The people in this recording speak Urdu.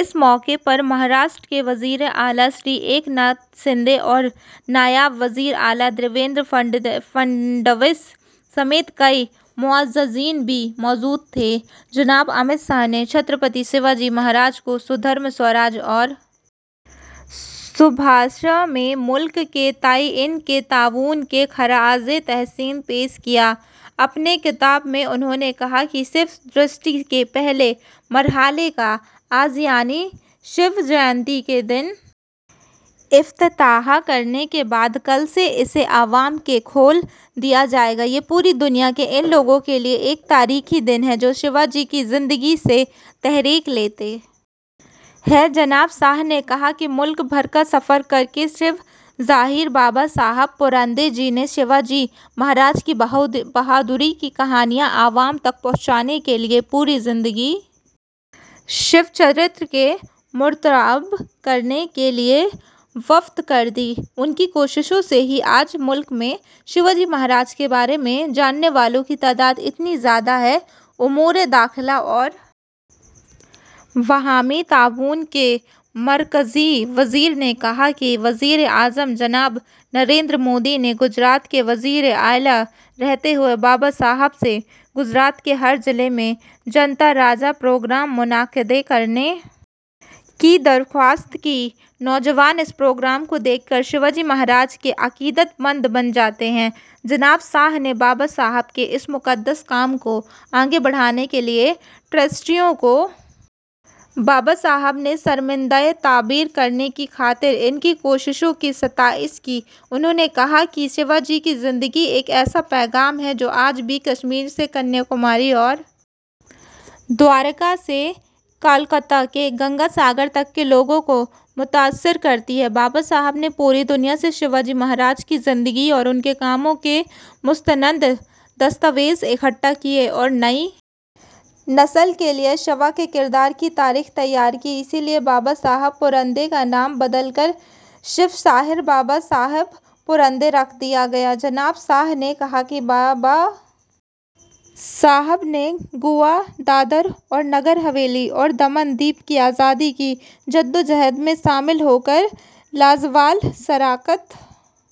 اس موقع پر مہاراشٹر کے وزیر اعلی شری ایکناتھ شندے اور نائب وزیر اعلیٰ دیویندر فڑنویس سمیت کئی معززین بھی موجود تھے جناب امت شاہ نے چھترپتی شیواجی مہاراج کو سودھرم سوراج اور سوبھاشا میں ملک کے تئیں ان کے تعاون کے لیے خراج تحسین پیش کیا اپنے خطاب میں انہوں نے کہا کہ شیو سرشتی کے پہلے مرحلے کا آج یعنی شیو جینتی کے دن افتتاح کرنے کے بعد کل سے اسے عوام کے لیے کھول دیا جائے گا یہ پوری دنیا کے ان لوگوں کے لیے ایک تاریخی دن ہے جو شیواجی کی زندگی سے تحریک لیتے ہیں جناب شاہ نے کہا کہ ملک بھر کا سفر کر کے شیو شاہیر بابا صاحب پورندرے جی نے شیواجی مہاراج کی بہادری کی کہانیاں عوام تک پہنچانے کے لیے اپنی پوری زندگی شیو چرتر کو مرتب کرنے کے لیے وقف کر دی ان کی کوششوں سے ہی آج ملک میں شیواجی مہاراج کے بارے میں جاننے والوں کی تعداد اتنی زیادہ ہے امور داخلہ اور باہمی تعاون کے مرکزی وزیر نے کہا کہ وزیر اعظم جناب نریندر مودی نے گجرات کے وزیر اعلیٰ رہتے ہوئے بابا صاحب سے گجرات کے ہر ضلع میں جنتا راجہ پروگرام منعقد کرنے کی درخواست کی نوجوان اس پروگرام کو دیکھ کر شیواجی مہاراج کے عقیدت مند بن جاتے تھے جناب شاہ نے بابا صاحب کے اس مقدس کام کو آگے بڑھانے کے لیے ٹرسٹیوں کو بابا صاحب کے شرمندہ تعبیر کرنے کی خاطر ان کی کوششوں کی ستائش کی انہوں نے کہا کہ شیواجی کی زندگی ایک ایسا پیغام ہے جو آج بھی کشمیر سے کنیا کماری اور دوارکا سے کلکتہ کے گنگا ساگر تک لوگوں کو متاثر کرتی ہے بابا صاحب نے پوری دنیا سے شیواجی مہاراج کی زندگی اور ان کے کاموں کے مستند دستاویز اکٹھے کیے اور نئی نسل کے لیے شیوا کے کردار کی تاریخ تیار کی اسی لیے بابا صاحب پورندرے کا نام بدل کر شیو شاہیر بابا صاحب پورندرے رکھ دیا گیا جناب شاہ نے کہا کہ بابا صاحب نے گوا دادرا اور نگر حویلی اور دمن اور دیو کی آزادی کی جدوجہد میں شامل ہو کر لازوال شراکت